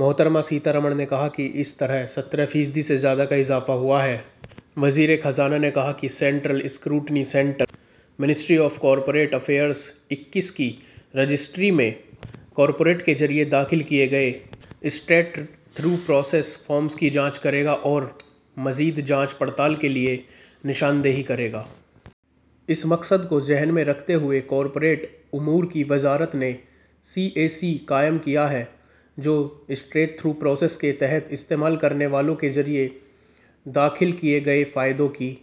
محترمہ سیتا رمن نے کہا کہ اس طرح سترہ فیصد سے زیادہ کا اضافہ ہوا ہے۔ وزیر خزانہ نے کہا کہ central scrutiny centre ministry of corporate affairs اکیس کی رجسٹری میں کارپوریٹ کے ذریعے داخل کردہ اسٹریٹ تھرو پروسیس فارمز کی جانچ کرے گا اور مزید جانچ پڑتال کے لیے نشاندہی کرے گا۔ اس مقصد کو ذہن میں رکھتے ہوئے کارپوریٹ امور کی وزارت نے سی ایس سی قائم کیا ہے جو اسٹریٹ تھرو پروسیس کے تحت استعمال کرنے والوں کے ذریعے داخل کردہ فائدوں کی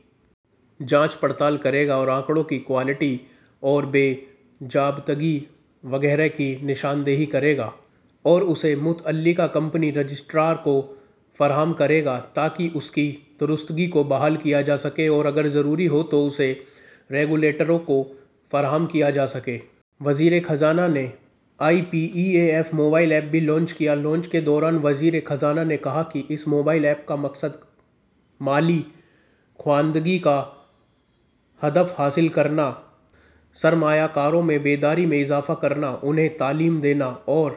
جانچ پڑتال کرے گا اور اعداد و شمار کی کوالٹی اور بے ضابطگی وغیرہ کی نشاندہی کرے گا اور اسے متعلقہ کمپنی رجسٹرار کو فراہم کرے گا تاکہ اس کی درستگی کو بحال کیا جا سکے اور اگر ضروری ہو تو اسے ریگولیٹروں کو فراہم کیا جا سکے۔ وزیر خزانہ نے I E P F A mobile app بھی لانچ کیا۔ لانچ کے دوران وزیر خزانہ نے کہا کہ اس موبائل ایپ کا مقصد مالی خواندگی کا ہدف حاصل کرنا سرمایہ کاروں میں بیداری میں اضافہ کرنا انہیں تعلیم دینا اور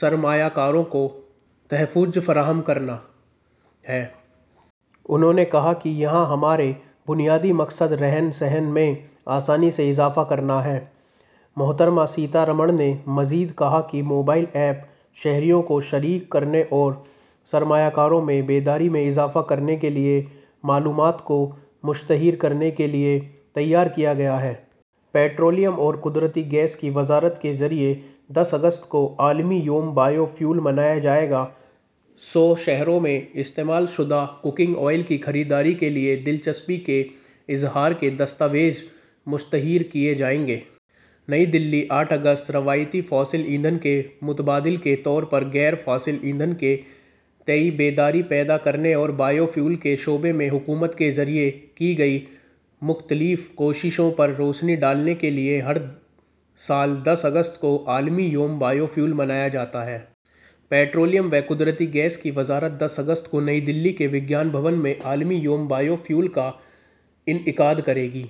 سرمایہ کاروں کو تحفظ فراہم کرنا ہے۔ انہوں نے کہا کہ یہاں ہمارا بنیادی مقصد رہن سہن میں آسانی میں اضافہ کرنا ہے۔ محترمہ سیتا رمن نے مزید کہا کہ موبائل ایپ شہریوں کو شریک کرنے اور سرمایہ کاروں میں بیداری میں اضافہ کرنے کے لیے معلومات کو مشتہر کرنے کے لیے تیار کیا گیا ہے۔ پیٹرولیم اور قدرتی گیس کی وزارت کے ذریعے دس اگست کو عالمی یوم بائیو فیول منایا جائے گا۔ سو شہروں میں استعمال شدہ کوکنگ تیل کی خریداری کے لیے دلچسپی کے اظہار کے دستاویز مشتہر کیے جائیں گے۔ نئی دہلی آٹھ اگست روایتی فوسل ایندھن کے متبادل کے طور پر غیر فوسل ایندھن کے تئیں بیداری پیدا کرنے اور بائیو فیول کے شعبے میں حکومت کے ذریعے کی گئی مختلف کوششوں پر روشنی ڈالنے کے لیے ہر سال دس اگست کو عالمی یوم بائیو فیول منایا جاتا ہے۔ پیٹرولیم و قدرتی گیس کی وزارت دس اگست کو نئی دہلی کے وگیان بھون میں عالمی یوم بائیو فیول کا انعقاد کرے گی۔